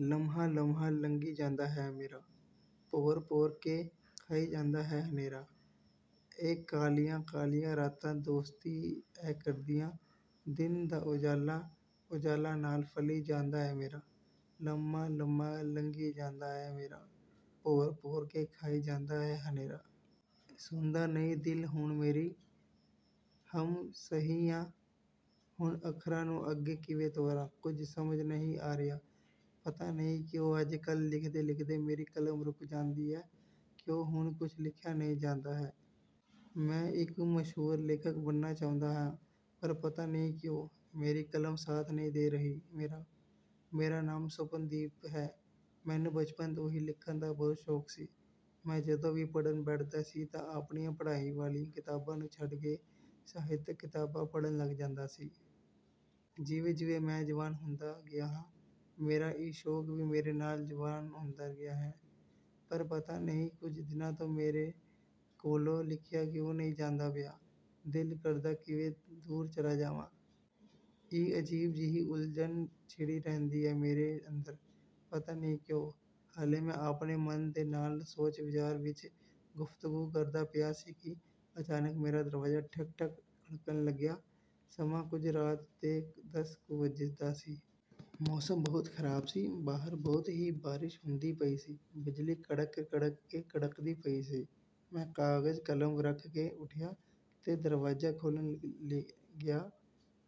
ਲੰਮਹਾ-ਲੰਮਹਾ ਲੰਘੀ ਜਾਂਦਾ ਐ ਮੇਰਾ, ਭੌਰ-ਭੌਰ ਕੇ ਖਾਈ ਜਾਂਦਾ ਐ ਹਨੇਰਾ। ਏ ਕਾਲੀਆਂ-ਕਾਲੀਆਂ ਰਾਤਾਂ ਦੋਸਤੀ ਐ ਕਰਦੀਆਂ, ਦਿਨ ਦਾ ਉਜਾਲਾ-ਉਜਾਲਾ ਨਾਲ ਫਲੀ ਜਾਂਦਾ ਐ ਮੇਰਾ। ਲੰਮਾ-ਲੰਮਾ ਲੰਘੀ ਜਾਂਦਾ ਐ ਮੇਰਾ, ਭੌਰ-ਭੌਰ ਕੇ ਖਾਈ ਜਾਂਦਾ ਐ ਹਨੇਰਾ। ਸੁਣਦਾ ਨਹੀਂ ਦਿਲ ਹੁਣ ਮੇਰੀ। "ਹਮ... ਸਹੀ ਆ। ਹੁਣ ਅੱਖਰਾਂ ਨੂੰ ਅੱਗੇ ਕਿਵੇਂ ਤੋਰਾਂ, ਕੁਝ ਸਮਝ ਨਹੀਂ ਆ ਰਿਹਾ। ਪਤਾ ਨਹੀਂ ਕਿਉਂ ਅੱਜ-ਕੱਲ੍ਹ ਲਿਖਦੇ-ਲਿਖਦੇ ਮੇਰੀ ਕਲਮ ਰੁਕ ਜਾਂਦੀ ਐ। ਕਿਉਂ ਹੁਣ ਕੁਝ ਲਿਖਿਆ ਨਹੀਂ ਜਾਂਦਾ ਹੈ।" "ਮੈਂ ਇੱਕ ਮਸ਼ਹੂਰ ਲੇਖਕ ਬਣਨਾ ਚਾਹੁੰਦਾ ਹਾਂ।" ਪਰ ਪਤਾ ਨਹੀਂ ਕਿਉਂ? ਮੇਰੀ ਕਲਮ ਸਾਥ ਨਹੀਂ ਦੇ ਰਹੀ ਮੇਰਾ। "ਮੇਰਾ ਨਾਮ ਸੁਪਨਦੀਪ ਹੈ।" ਮੈਨੂੰ ਬਚਪਨ ਤੋਂ ਹੀ ਲਿਖਣ ਦਾ ਬਹੁਤ ਸ਼ੌਂਕ ਸੀ। ਮੈਂ ਜਦੋਂ ਵੀ ਪੜ੍ਹਨ ਬੈਠਦਾ ਸੀ ਤਾਂ ਆਪਣੀਆਂ ਪੜ੍ਹਾਈ ਵਾਲੀਆਂ ਕਿਤਾਬਾਂ ਨੂੰ ਛੱਡ ਕੇ ਸਾਹਿਤਕ ਕਿਤਾਬਾਂ ਪੜ੍ਹਨ ਲੱਗ ਜਾਂਦਾ ਸੀ। ਜਿਵੇਂ-ਜਿਵੇਂ ਮੈਂ ਜਵਾਨ ਹੁੰਦਾ ਗਿਆ ਹਾਂ, ਮੇਰਾ ਇਹ ਸ਼ੌਂਕ ਵੀ ਮੇਰੇ ਨਾਲ ਜਵਾਨ ਹੁੰਦਾ ਗਿਆ ਹੈ। ਪਰ ਪਤਾ ਨਹੀਂ ਕੁਝ ਦਿਨਾਂ ਤੋਂ ਮੇਰੇ ਕੋਲੋਂ ਲਿਖਿਆ ਕਿਉਂ ਨਹੀਂ ਜਾਂਦਾ ਪਿਆ। ਦਿਲ ਕਰਦਾ ਕਿਤੇ ਦੂਰ ਚਲਾ ਜਾਵਾਂ। ਇੱਕ ਅਜੀਬ ਜਿਹੀ ਉਲਝਣ ਛਿੜੀ ਰਹਿੰਦੀ ਹੈ ਮੇਰੇ ਅੰਦਰ। ਪਤਾ ਨਹੀਂ ਕਿਉਂ। ਹਾਲੇ ਮੈਂ ਆਪਣੇ ਮਨ ਦੇ ਨਾਲ ਸੋਚ-ਵਿਚਾਰ ਵਿੱਚ ਗੁਫ਼ਤਗੂ ਕਰਦਾ ਪਿਆ ਸੀ ਕਿ ਅਚਾਨਕ ਮੇਰਾ ਦਰਵਾਜ਼ਾ ਠਕ-ਠਕ ਖੜਕਣ ਲੱਗਿਆ। ਸਮਾਂ ਕੁਝ ਰਾਤ ਦੇ ਦਸ ਕੁ ਵਜੇ ਦਾ ਸੀ। ਮੌਸਮ ਬਹੁਤ ਖ਼ਰਾਬ ਸੀ। ਬਾਹਰ ਬਹੁਤ ਹੀ ਬਾਰਿਸ਼ ਹੁੰਦੀ ਪਈ ਸੀ। ਬਿਜਲੀ ਕੜਕ-ਕੜਕ ਕੇ ਕੜਕਦੀ ਪਈ ਸੀ। ਮੈਂ ਕਾਗਜ਼-ਕਲਮ ਰੱਖ ਕੇ ਉੱਠਿਆ ਤੇ ਦਰਵਾਜ਼ਾ ਖੋਲ੍ਹਣ ਲਈ ਗਿਆ।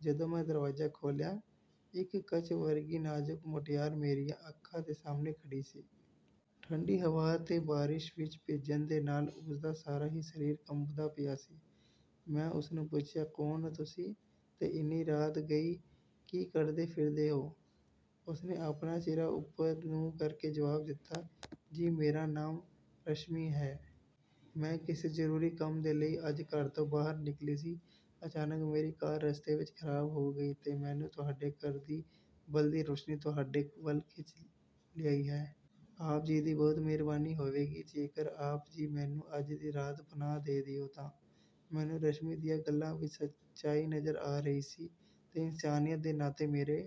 ਜਦੋਂ ਮੈਂ ਦਰਵਾਜ਼ਾ ਖੋਲ੍ਹਿਆ, ਇੱਕ ਕੱਚ ਵਰਗੀ ਨਾਜ਼ੁਕ ਮੁਟਿਆਰ ਮੇਰੀਆਂ ਅੱਖਾਂ ਦੇ ਸਾਹਮਣੇ ਖੜ੍ਹੀ ਸੀ। ਠੰਡੀ ਹਵਾ ਤੇ ਬਾਰਿਸ਼ ਵਿੱਚ ਭਿੱਜਣ ਦੇ ਨਾਲ ਉਸਦਾ ਸਾਰਾ ਹੀ ਸਰੀਰ ਕੰਬਦਾ ਪਿਆ ਸੀ। ਮੈਂ ਉਸਨੂੰ ਪੁੱਛਿਆ, "ਕੌਣ ਹੋ ਤੁਸੀਂ? ਤੇ ਇੰਨੀ ਰਾਤ ਗਈ ਕੀ ਕਰਦੇ ਫਿਰਦੇ ਹੋ?" ਉਸਨੇ ਆਪਣਾ ਚਿਹਰਾ ਉੱਪਰ ਨੂੰ ਕਰਕੇ ਜਵਾਬ ਦਿੱਤਾ, "ਜੀ, ਮੇਰਾ ਨਾਮ ਰਸ਼ਮੀ ਹੈ। ਮੈਂ ਕਿਸੇ ਜ਼ਰੂਰੀ ਕੰਮ ਦੇ ਲਈ ਅੱਜ ਘਰ ਤੋਂ ਬਾਹਰ ਨਿਕਲੀ ਸੀ। ਅਚਾਨਕ ਮੇਰੀ ਕਾਰ ਰਸਤੇ ਵਿੱਚ ਖ਼ਰਾਬ ਹੋ ਗਈ ਹੈ ਤੇ ਮੈਨੂੰ ਤੁਹਾਡੇ ਘਰ ਦੀ ਬਲਦੀ ਰੌਸ਼ਨੀ ਤੁਹਾਡੇ ਵੱਲ ਖਿੱਚ ਲਿਆਈ ਹੈ। ਆਪ ਜੀ ਦੀ ਬਹੁਤ ਮਿਹਰਬਾਨੀ ਹੋਵੇਗੀ, ਜੇਕਰ ਆਪ ਜੀ ਮੈਨੂੰ ਅੱਜ ਦੀ ਰਾਤ ਪਨਾਹ ਦੇ ਦਿਓ ਤਾਂ।" ਮੈਨੂੰ ਰਸ਼ਮੀ ਦੀਆਂ ਗੱਲਾਂ ਵਿੱਚ ਸੱਚਾਈ ਨਜ਼ਰ ਆ ਰਹੀ ਸੀ ਤੇ ਇਨਸਾਨੀਅਤ ਦੇ ਨਾਤੇ ਮੇਰੇ…